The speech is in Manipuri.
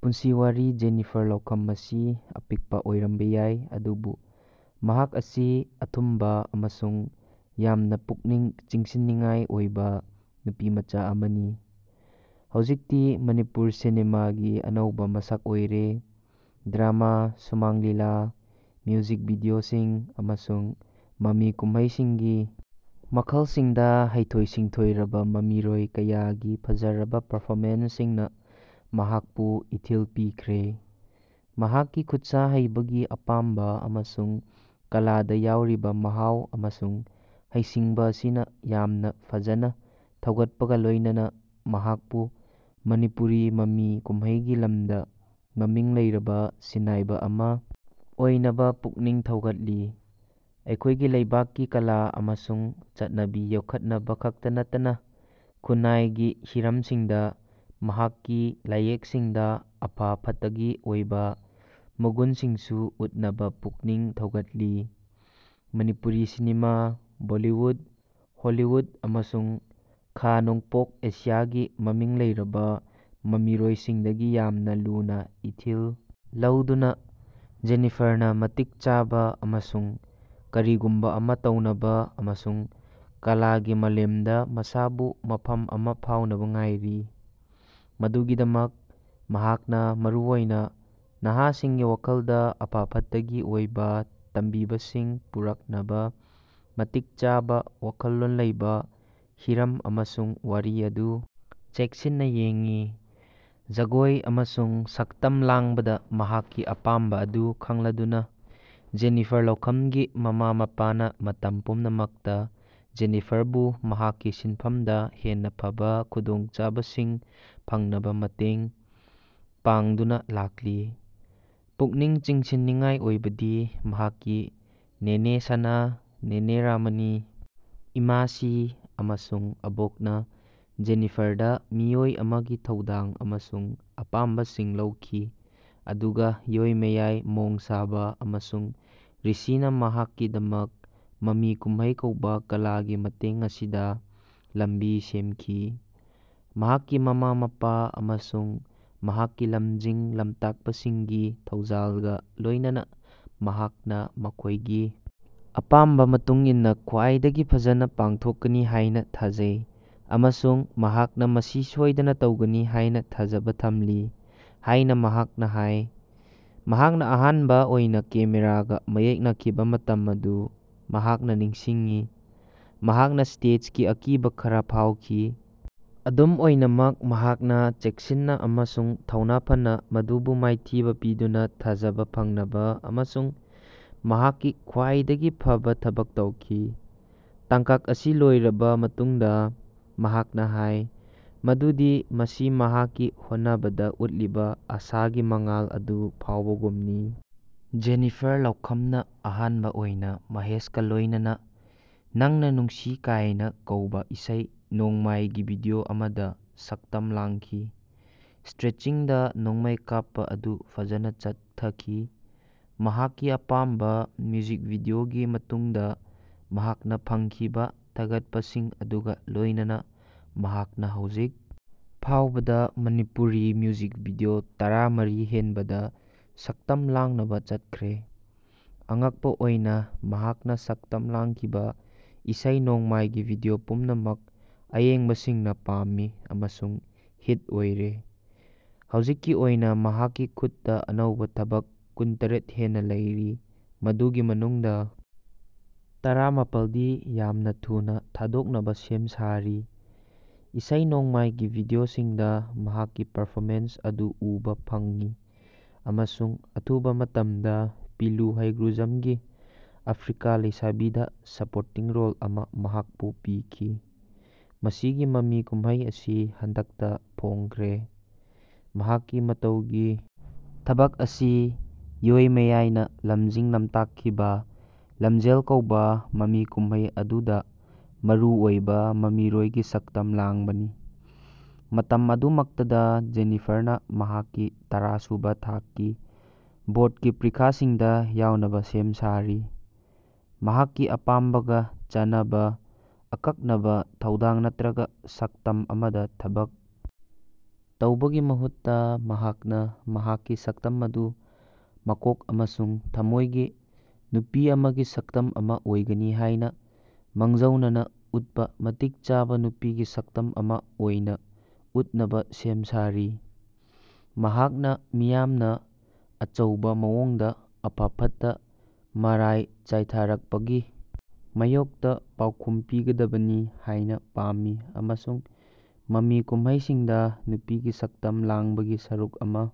ꯄꯨꯟꯁꯤ ꯋꯥꯔꯤ ꯖꯦꯅꯤꯐꯔ ꯂꯧꯈꯥꯝ ꯑꯁꯤ ꯑꯄꯤꯛꯄ ꯑꯣꯏꯔꯝꯕ ꯌꯥꯏ ꯑꯗꯨꯕꯨ ꯃꯍꯥꯛ ꯑꯁꯤ ꯑꯊꯨꯝꯕ ꯑꯃꯁꯨꯡ ꯌꯥꯝꯅ ꯄꯨꯛꯅꯤꯡ ꯆꯤꯡꯁꯤꯟꯅꯤꯡꯉꯥꯏ ꯑꯣꯏꯕ ꯅꯨꯄꯤꯃꯆꯥ ꯑꯃꯅꯤ, ꯍꯧꯖꯤꯛꯇꯤ ꯃꯅꯤꯄꯨꯔꯤ ꯁꯤꯅꯦꯃꯥꯒꯤ ꯑꯅꯧꯕ ꯃꯁꯛ ꯑꯣꯏꯔꯦ꯫ ꯗ꯭ꯔꯃꯥ, ꯁꯨꯃꯥꯡ ꯂꯤꯂꯥ, ꯃ꯭ꯌꯨꯖꯤꯛ ꯚꯤꯗꯤꯑꯣꯁꯤꯡ ꯑꯃꯁꯨꯡ ꯃꯃꯤ ꯀꯨꯝꯍꯩꯁꯤꯡꯒꯤ ꯃꯈꯜꯁꯤꯡꯗ ꯍꯩꯊꯣꯏ-ꯁꯤꯡꯊꯣꯏꯔꯕ ꯃꯃꯤꯔꯣꯏ ꯀꯌꯥꯒꯤ ꯐꯖꯔꯕ ꯄꯔꯐꯣꯃꯦꯟꯁꯁꯤꯡꯅ ꯃꯍꯥꯛꯄꯨ ꯏꯊꯤꯜ ꯄꯤꯈ꯭ꯔꯦ꯫ ꯃꯍꯥꯛꯀꯤ ꯈꯨꯠꯁꯥ ꯍꯩꯕꯒꯤ ꯑꯄꯥꯝꯕ ꯑꯃꯁꯨꯡ ꯀꯂꯥꯗ ꯌꯥꯎꯔꯤꯕ ꯃꯍꯥꯎ ꯑꯃꯁꯨꯡ ꯍꯩꯁꯤꯡꯕ ꯑꯁꯤꯅ ꯌꯥꯝꯅ ꯐꯖꯅ ꯊꯥꯒꯠꯄꯒ ꯂꯣꯏꯅꯅ, ꯃꯍꯥꯛꯄꯨ ꯃꯅꯤꯄꯨꯔꯤ ꯃꯃꯤ ꯀꯨꯝꯍꯩꯒꯤ ꯂꯝꯗ ꯃꯃꯤꯡ ꯂꯩꯔꯕ ꯁꯤꯟꯅꯥꯏꯕ ꯑꯃ ꯑꯣꯏꯅꯕ ꯄꯨꯛꯅꯤꯡ ꯊꯧꯒꯠꯂꯤ꯫ꯑꯩꯈꯣꯏꯒꯤ ꯂꯩꯕꯥꯛꯀꯤ ꯀꯂꯥ ꯑꯃꯁꯨꯡ ꯆꯠꯅꯕꯤ ꯌꯣꯛꯈꯠꯅꯕ ꯈꯛꯇ ꯅꯠꯇꯅ ꯈꯨꯟꯅꯥꯏꯒꯤ ꯍꯤꯔꯝꯁꯤꯡꯗ ꯃꯍꯥꯛꯀꯤ ꯂꯥꯏꯌꯦꯛꯁꯤꯡꯗ ꯑꯐ-ꯐꯠꯇꯒꯤ ꯑꯣꯏꯕ ꯃꯒꯨꯟꯁꯤꯡꯁꯨ ꯎꯠꯅꯕ ꯄꯨꯛꯅꯤꯡ ꯊꯧꯒꯠꯂꯤ꯫ ꯃꯅꯤꯄꯨꯔꯤ ꯁꯤꯅꯦꯃꯥ, ꯕꯣꯂꯤꯋꯨꯠ, ꯍꯣꯂꯤꯋꯨꯠ ꯑꯃꯁꯨꯡ ꯈꯥ-ꯅꯣꯡꯄꯣꯛ ꯑꯦꯁꯤꯌꯥꯒꯤ ꯃꯃꯤꯡ ꯂꯩꯔꯕ ꯃꯃꯤꯔꯣꯏꯁꯤꯡꯗꯒꯤ ꯌꯥꯝꯅ ꯂꯨꯅ ꯏꯊꯤꯜ ꯂꯧꯗꯨꯅ, ꯖꯦꯅꯤꯐꯔꯅ ꯃꯇꯤꯛ ꯆꯥꯕ ꯑꯃꯁꯨꯡ ꯀꯔꯤꯒꯨꯝꯕ ꯑꯃ ꯇꯧꯅꯕ ꯑꯃꯁꯨꯡ ꯀꯂꯥꯒꯤ ꯃꯥꯂꯦꯝꯗ ꯃꯁꯥꯕꯨ ꯃꯐꯝ ꯑꯃ ꯐꯪꯅꯕ ꯉꯥꯏꯔꯤ꯫ ꯃꯗꯨꯒꯤꯗꯃꯛ, ꯃꯍꯥꯛꯅ ꯃꯔꯨꯑꯣꯏꯅ ꯅꯍꯥꯁꯤꯡꯒꯤ ꯋꯥꯈꯜꯗ ꯑꯐ-ꯐꯠꯇꯒꯤ ꯑꯣꯏꯕ ꯇꯝꯕꯤꯕꯁꯤꯡ ꯄꯨꯔꯛꯅꯕ ꯃꯇꯤꯛ ꯆꯥꯕ ꯋꯥꯈꯜꯂꯣꯟ ꯂꯩꯕ ꯍꯤꯔꯝ ꯑꯃꯁꯨꯡ ꯋꯥꯔꯤ ꯑꯗꯨ ꯆꯦꯛꯁꯤꯟꯅ ꯌꯦꯡꯉꯤ꯫ ꯖꯒꯣꯏ ꯑꯃꯁꯨꯡ ꯁꯛꯇꯝ ꯂꯥꯡꯕꯗ ꯃꯍꯥꯛꯀꯤ ꯑꯄꯥꯝꯕ ꯑꯗꯨ ꯈꯪꯂꯗꯨꯅ, ꯖꯦꯅꯤꯐꯔ ꯂꯧꯈꯥꯝꯒꯤ ꯃꯃꯥ-ꯃꯄꯥꯅ ꯃꯇꯝ ꯄꯨꯝꯅꯃꯛꯇ ꯖꯦꯅꯤꯐꯔꯕꯨ ꯃꯍꯥꯛꯀꯤ ꯁꯤꯟꯐꯝꯗ ꯍꯦꯟꯅ ꯐꯕ ꯈꯨꯗꯣꯡꯆꯥꯕꯁꯤꯡ ꯐꯪꯅꯕ ꯃꯇꯦꯡ ꯄꯥꯡꯗꯨꯅ ꯂꯥꯛꯂꯤ꯫ ꯄꯨꯛꯅꯤꯡ ꯆꯤꯡꯁꯤꯟꯅꯤꯡꯉꯥꯏ ꯑꯣꯏꯕꯗꯤ ꯃꯍꯥꯛꯀꯤ ꯅꯦꯅꯦ ꯁꯅꯥ, ꯅꯦꯅꯦ ꯔꯃꯅꯤ, ꯏꯃꯥꯁꯤ ꯑꯃꯁꯨꯡ ꯑꯕꯣꯛꯅ ꯖꯦꯅꯤꯐꯔꯗ ꯃꯤꯑꯣꯏ ꯑꯃꯒꯤ ꯊꯧꯗꯥꯡ ꯑꯃꯁꯨꯡ ꯑꯄꯥꯝꯕꯁꯤꯡ ꯂꯧꯈꯤ ꯑꯗꯨꯒ ꯌꯣꯏꯃꯥꯌꯥꯏ ꯃꯣꯡꯁꯥꯕꯥ ꯑꯃꯁꯨꯡ ꯔꯤꯁꯤꯅ ꯃꯍꯥꯛꯀꯤꯗꯃꯛ ꯃꯃꯤ ꯀꯨꯝꯍꯩ ꯀꯧꯕ ꯀꯂꯥꯒꯤ ꯃꯑꯣꯡ ꯑꯁꯤꯗ ꯂꯝꯕꯤ ꯁꯦꯝꯈꯤ꯫ ꯃꯍꯥꯛꯀꯤ ꯃꯃꯥ-ꯃꯄꯥ ꯑꯃꯁꯨꯡ ꯃꯍꯥꯛꯀꯤ ꯂꯝꯖꯤꯡ-ꯂꯝꯇꯥꯛꯄꯁꯤꯡꯒꯤ ꯊꯧꯖꯥꯜꯒ ꯂꯣꯏꯅꯅ, ꯃꯍꯥꯛꯅ ꯃꯈꯣꯏꯒꯤ ꯑꯄꯥꯝꯕ ꯃꯇꯨꯡ ꯏꯟꯅ ꯈ꯭ꯋꯥꯏꯗꯒꯤ ꯐꯖꯅ ꯄꯥꯡꯊꯣꯛꯀꯅꯤ ꯍꯥꯏꯅ ꯊꯥꯖꯩ ꯑꯃꯁꯨꯡ ꯃꯍꯥꯛꯅ ꯃꯁꯤ ꯁꯣꯏꯗꯅ ꯇꯧꯒꯅꯤ ꯍꯥꯏꯅ ꯊꯥꯖꯕ ꯊꯝꯂꯤ ꯍꯥꯏꯅ ꯃꯍꯥꯛꯅ ꯍꯥꯏ꯫ ꯃꯍꯥꯛꯅ ꯑꯍꯥꯟꯕ ꯑꯣꯏꯅ ꯀꯦꯃꯦꯔꯥꯒ ꯃꯥꯌꯣꯛꯅꯈꯤꯕ ꯃꯇꯝ ꯑꯗꯨ ꯃꯍꯥꯛꯅ ꯅꯤꯡꯁꯤꯡꯉꯤ꯫ ꯃꯍꯥꯛꯅ 'ꯁ꯭ꯇꯦꯖꯀꯤ ꯑꯀꯤꯕ' ꯈꯔ ꯐꯥꯎꯈꯤ, ꯑꯗꯨꯝ ꯑꯣꯏꯅꯃꯛ ꯃꯍꯥꯛꯅ ꯆꯦꯛꯁꯤꯟꯅ ꯑꯃꯁꯨꯡ ꯊꯧꯅꯥ ꯐꯅ ꯃꯗꯨꯕꯨ ꯃꯥꯏꯊꯤꯕ ꯄꯤꯗꯨꯅ ꯊꯥꯖꯕ ꯐꯪꯅꯕ ꯑꯃꯁꯨꯡ ꯃꯍꯥꯛꯀꯤ ꯈ꯭ꯋꯥꯏꯗꯒꯤ ꯐꯕ ꯊꯕꯛ ꯇꯧꯈꯤ꯫ ꯇꯥꯡꯀꯛ ꯑꯁꯤ ꯂꯣꯏꯔꯕ ꯃꯇꯨꯡꯗ, ꯃꯍꯥꯛꯅ ꯍꯥꯏ ꯃꯗꯨꯗꯤ ꯃꯁꯤ "ꯃꯍꯥꯛꯀꯤ ꯍꯣꯠꯅꯕꯗ ꯎꯠꯂꯤꯕ ꯑꯁꯥꯒꯤ ꯃꯉꯥꯜ ꯑꯗꯨ ꯐꯥꯎꯕꯒꯨꯝꯅꯤ"꯫ ꯖꯦꯅꯤꯐꯔ ꯂꯧꯈꯥꯝꯅ ꯑꯍꯥꯟꯕ ꯑꯣꯏꯅ ꯃꯍꯦꯁꯀ ꯂꯣꯏꯅꯅꯥ 'ꯅꯪꯅꯥ ꯅꯨꯡꯁꯤ ꯀꯥꯏꯅꯥ' ꯀꯧꯕ ꯏꯁꯩ-ꯅꯣꯡꯃꯥꯏꯒꯤ ꯚꯤꯗꯤꯑꯣ ꯑꯃꯗ ꯁꯛꯇꯝ ꯂꯥꯡꯈꯤ꯫ ꯁꯦꯠꯁꯤꯡꯗ ꯅꯣꯡꯃꯩ ꯀꯥꯞꯄ ꯑꯗꯨ ꯐꯖꯅ ꯆꯠꯊꯈꯤ꯫ ꯃꯍꯥꯛꯀꯤ ꯑꯍꯥꯟꯕ ꯃ꯭ꯌꯨꯖꯤꯛ ꯚꯤꯗꯤꯑꯣꯒꯤ ꯃꯇꯨꯡꯗ ꯃꯍꯥꯛꯅ ꯐꯪꯈꯤꯕ ꯊꯥꯒꯠꯄꯁꯤꯡ ꯑꯗꯨꯒ ꯂꯣꯏꯅꯅ, ꯃꯍꯥꯛꯅ ꯍꯧꯖꯤꯛ ꯐꯥꯎꯕꯗ ꯃꯅꯤꯄꯨꯔꯤ ꯃ꯭ꯌꯨꯖꯤꯛ ꯚꯤꯗꯤꯑꯣ ꯇꯔꯥꯃꯔꯤ ꯍꯦꯟꯕꯗ ꯁꯛꯇꯝ ꯂꯥꯡꯅꯕ ꯆꯠꯈ꯭ꯔꯦ꯫ ꯑꯉꯛꯄ ꯑꯣꯏꯅ, ꯃꯍꯥꯛꯅ ꯁꯛꯇꯝ ꯂꯥꯡꯈꯤꯕ ꯏꯁꯩ-ꯅꯣꯡꯃꯥꯏꯒꯤ ꯚꯤꯗꯤꯑꯣ ꯄꯨꯝꯅꯃꯛ ꯑꯌꯦꯡꯕꯁꯤꯡꯅ ꯄꯥꯝꯃꯤ ꯑꯃꯁꯨꯡ ꯍꯤꯠ ꯑꯣꯏꯔꯦ꯫ ꯍꯧꯖꯤꯛꯀꯤ ꯑꯣꯏꯅ ꯃꯍꯥꯛꯀꯤ ꯈꯨꯠꯇ ꯑꯅꯧꯕ ꯊꯕꯛ ꯀꯨꯟꯇꯔꯦꯠ ꯍꯦꯟꯅ ꯂꯩꯔꯤ ꯃꯗꯨꯒꯤ ꯃꯅꯨꯡꯗ ꯇꯔꯥꯃꯥꯄꯜꯗꯤ ꯌꯥꯝꯅ ꯊꯨꯅ ꯊꯥꯗꯣꯛꯅꯕ ꯁꯦꯝ ꯁꯥꯔꯤ꯫ ꯏꯁꯩ-ꯅꯣꯡꯃꯥꯏꯒꯤ ꯚꯤꯗꯤꯑꯣꯁꯤꯡꯗ ꯃꯍꯥꯛꯀꯤ ꯄꯔꯐꯣꯃꯦꯟꯁ ꯑꯗꯨ ꯎꯕ ꯐꯪꯉꯤ ꯑꯃꯁꯨꯡ ꯑꯊꯨꯕ ꯃꯇꯝꯗ ꯄꯤꯂꯨ ꯍꯩꯒ꯭ꯔꯨꯖꯝꯒꯤ "ꯑꯐ꯭ꯔꯤꯀꯥꯟ ꯂꯩꯁꯥꯕꯤ"ꯗ ꯁꯄꯣꯔꯇꯤꯡ ꯔꯣꯜ ꯑꯃ ꯃꯍꯥꯛꯄꯨ ꯄꯤꯈꯤ꯫ ꯃꯁꯤꯒꯤ ꯃꯃꯤ ꯀꯨꯝꯍꯩ ꯑꯁꯤ ꯍꯟꯗꯛꯇ ꯐꯣꯡꯈ꯭ꯔꯦ꯫ ꯃꯍꯥꯛꯀꯤ ꯃꯇꯧꯒꯤ ꯊꯕꯛ ꯑꯁꯤ ꯌꯣꯏꯃꯥꯌꯥꯏꯅ ꯂꯝꯖꯤꯡ-ꯂꯝꯇꯥꯛꯈꯤꯕ 'ꯂꯝꯖꯦꯜ' ꯀꯧꯕ ꯃꯃꯤ ꯀꯨꯝꯍꯩ ꯑꯗꯨꯗ ꯃꯔꯨꯑꯣꯏꯕ ꯃꯃꯤꯔꯣꯏꯒꯤ ꯁꯛꯇꯝ ꯂꯥꯡꯕꯅꯤ꯫ ꯃꯇꯝ ꯑꯗꯨꯃꯛꯇꯗ, ꯖꯦꯅꯤꯐꯔꯅ ꯃꯍꯥꯛꯀꯤ ꯇꯔꯥꯁꯨꯕ ꯊꯥꯛꯀꯤ ꯕꯣ꯭ꯔꯠꯀꯤ ꯄꯔꯤꯈꯥꯁꯤꯡꯗ ꯌꯥꯎꯅꯕ ꯁꯦꯝ ꯁꯥꯔꯤ꯫ ꯃꯍꯥꯛꯀꯤ ꯑꯄꯥꯝꯕꯒ ꯆꯥꯅꯕ ꯑꯀꯛꯅꯕ ꯊꯧꯗꯥꯡ ꯅꯠꯇ꯭ꯔꯒ ꯁꯛꯇꯝ ꯑꯃꯗ ꯊꯕꯛ ꯇꯧꯕꯒꯤ ꯃꯍꯨꯠꯇ, ꯃꯍꯥꯛꯅ ꯃꯍꯥꯛꯀꯤ ꯁꯛꯇꯝ ꯑꯗꯨ ꯃꯀꯣꯛ ꯑꯃꯁꯨꯡ ꯊꯃꯣꯏꯒꯤ ꯅꯨꯄꯤ ꯑꯃꯒꯤ ꯁꯛꯇꯝ ꯑꯃ ꯑꯣꯏꯒꯅꯤ ꯍꯥꯏꯅ ꯃꯥꯡꯖꯧꯅꯅ ꯎꯠꯄ ꯃꯇꯤꯛ ꯆꯥꯕ ꯅꯨꯄꯤꯒꯤ ꯁꯛꯇꯝ ꯑꯃ ꯑꯣꯏꯅ ꯎꯠꯅꯕ ꯁꯦꯝ ꯁꯥꯔꯤ꯫ ꯃꯍꯥꯛꯅ ꯃꯤꯌꯥꯝꯅ ꯑꯆꯧꯕ ꯃꯑꯣꯡꯗ ꯑꯐ-ꯐꯠꯇ ꯃꯔꯥꯏ ꯆꯥꯏꯊꯔꯛꯄꯒꯤ ꯃꯥꯌꯣꯛꯇ ꯄꯥꯎꯈꯨꯝ ꯄꯤꯒꯗꯕꯅꯤ ꯍꯥꯏꯅ ꯄꯥꯝꯃꯤ ꯑꯃꯁꯨꯡ ꯃꯃꯤ ꯀꯨꯝꯍꯩꯁꯤꯡꯗ ꯅꯨꯄꯤꯒꯤ ꯁꯛꯇꯝ ꯂꯥꯡꯕꯒꯤ ꯁꯔꯨꯛ ꯑꯃ